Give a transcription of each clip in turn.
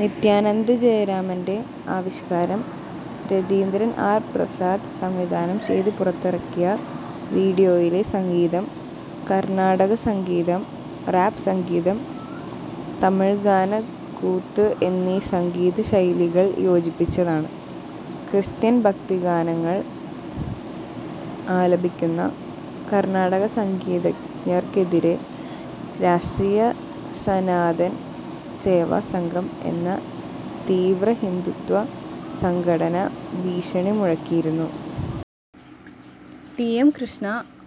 നിത്യാനന്ത് ജയരാമന്റെ ആവിഷ്കാരം രതീന്ദ്രൻ ആർ പ്രസാദ് സംവിധാനം ചെയ്ത് പുറത്തിറക്കിയ വീഡിയോയിലെ സംഗീതം കർണാട സംഗീതം, റാപ് സംഗീതം, തമിഴ് ഗാന കുത്ത് എന്നീ സംഗീത ശൈലികൾ യോജിപ്പിച്ചതാണ്. ക്രിസ്ത്യൻ ഭക്തി ഗാനങ്ങൾ ആലപിക്കുന്ന കർണാടക സംഗീതജ്ഞർക്കെതിരെ രാഷ്ട്രീയ സനാതൻ സേവ സംഘം എന്ന തീവ്രഹിന്ദുത്വ സംഘടന ഭീഷണി മുഴക്കിയിരുന്നു. T. M Krishna,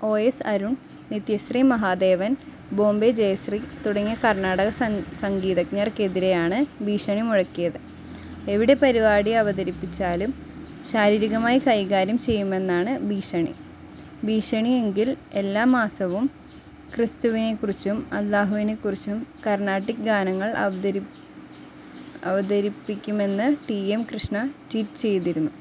O. S. Arun, Nithyasree Mahadevan, Bombay Jayashri തുടങ്ങിയ കർണാടക സംഗീതഞ്ജർക്കെതിരെയാണ് ഭീഷണി മുഴക്കിയത്. എവിടെ പരിപാടി അവതരിപ്പിച്ചാലും ശാരീികമായി കൈകാര്യം ചെയ്യുമെന്നാണ് ഭീഷണി. ഭീഷണിയെങ്കിൽ, എല്ലാ മാസവും ക്രിസ്തുവിനെക്കുറിച്ചും അല്ലാഹുവിനെക്കുറിച്ചും കർണാട്ടിക്ക് ഗാനങ്ങൾ അവതരിപ്പിക്കുമെന്ന് ടി. എം കൃഷ്ണ ട്വീറ്റ് ചെയ്തിരുന്നു.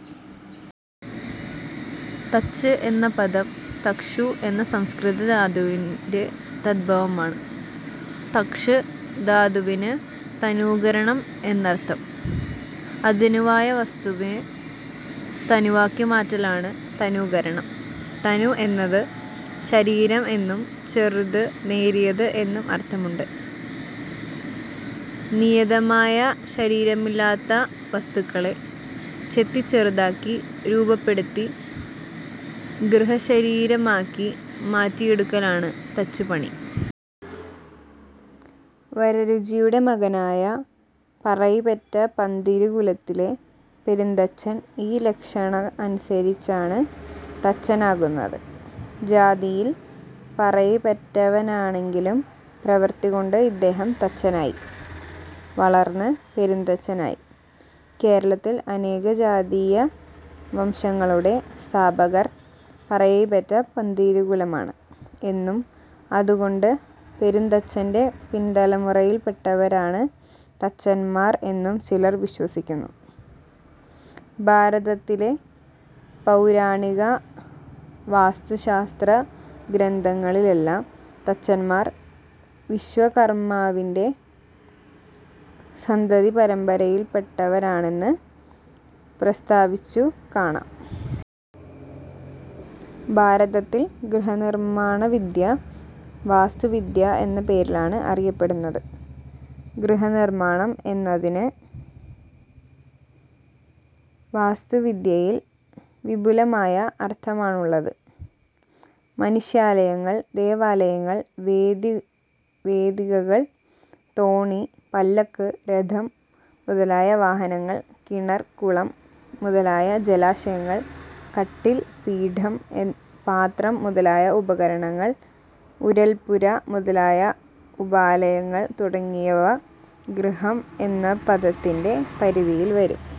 തച്ച് എന്ന പദം 'തക്ഷു' എന്ന സംസ്കൃത ധാതുവിന്റെ തദ്ഭവമാണ്. തക്ഷ് ധാതുവിന് തനൂകരണം എന്നർഥം. 'അതനു'വായ വസ്തുവെ തനുവാക്കി മാറ്റലാണ് തനൂകരണം. തനു എന്നതിന് ശരീരം എന്നും ചെറുത്, നേരിയത് എന്നും അർത്ഥമുണ്ട്. നിയതമായ ശരീരമില്ലാത്ത വസ്തുക്കളെ ചെത്തി ചെറുതാക്കി രൂപപ്പെടുത്തി ഗൃഹശരീരമാക്കി മാറ്റിയെടുക്കലാണ് തച്ചുപണി. വരരുചിയുടെ മകനായ പറയിപെറ്റ പന്തിരുകുലത്തിലെ പെരുന്തച്ചൻ ഈ ലക്ഷണ അനുസരിച്ചാണ് തച്ചനാകുന്നത്. ജാതിയിൽ പറയിപെറ്റവനാണെങ്കിലും പ്രവൃത്തികൊണ്ട് ഇദ്ദേഹം തച്ചനായി; വളർന്ന് പെരുന്തച്ചനായി. കേരളത്തിൽ അനേക ജാതീയ വംശങ്ങ ളുടെ സ്ഥാപകർ പറയിപെറ്റ പന്തിരുകുലമാണ് എന്നും അതുകൊണ്ട് പെരുന്തച്ചന്റെ പിൻതലമുറയിൽപ്പെട്ടവരാണ് തച്ചന്മാർ എന്നും ചിലർ വിശ്വസിക്കുന്നു. ഭാരതത്തിലെ പൗരാണിക വാസ്തുശാസ്ത്രഗ്രന്ഥങ്ങളിലെല്ലാം തച്ചന്മാർ വിശ്വകർമാവിന്റെ സന്തതിപരമ്പരയിൽപ്പെട്ടവരാണെന്നു പ്രസ്താവിച്ചു കാണാം. ഭാരതത്തിൽ ഗൃഹനിർമ്മാണവിദ്യ വാസ്തുവിദ്യ എന്ന പേരിലാണ് അറിയപ്പെടുന്നത്. ഗൃഹനിർമ്മാണം എന്നതിന് വാസ്തുവിദ്യയിൽ വിപുലമായ അർത്ഥമാണുള്ളത്. മനുഷ്യാലയങ്ങൾ, ദേവാലയങ്ങൾ, വേദികകൾ; തോണി, പല്ലക്ക്, രഥം മുതലായ വാഹനങ്ങൾ; കിണർ, കുളം മുതലായ ജലാശയങ്ങൾ; കട്ടിൽ, പീഠം, പാത്രം മുതലായ ഉപകരണങ്ങൾ; ഉരൽപ്പുര മുതലായ ഉപാലയങ്ങൾ തുടങ്ങിയവ ഗൃഹം എന്ന പദത്തിന്റെ പരിധിയിൽ വരും.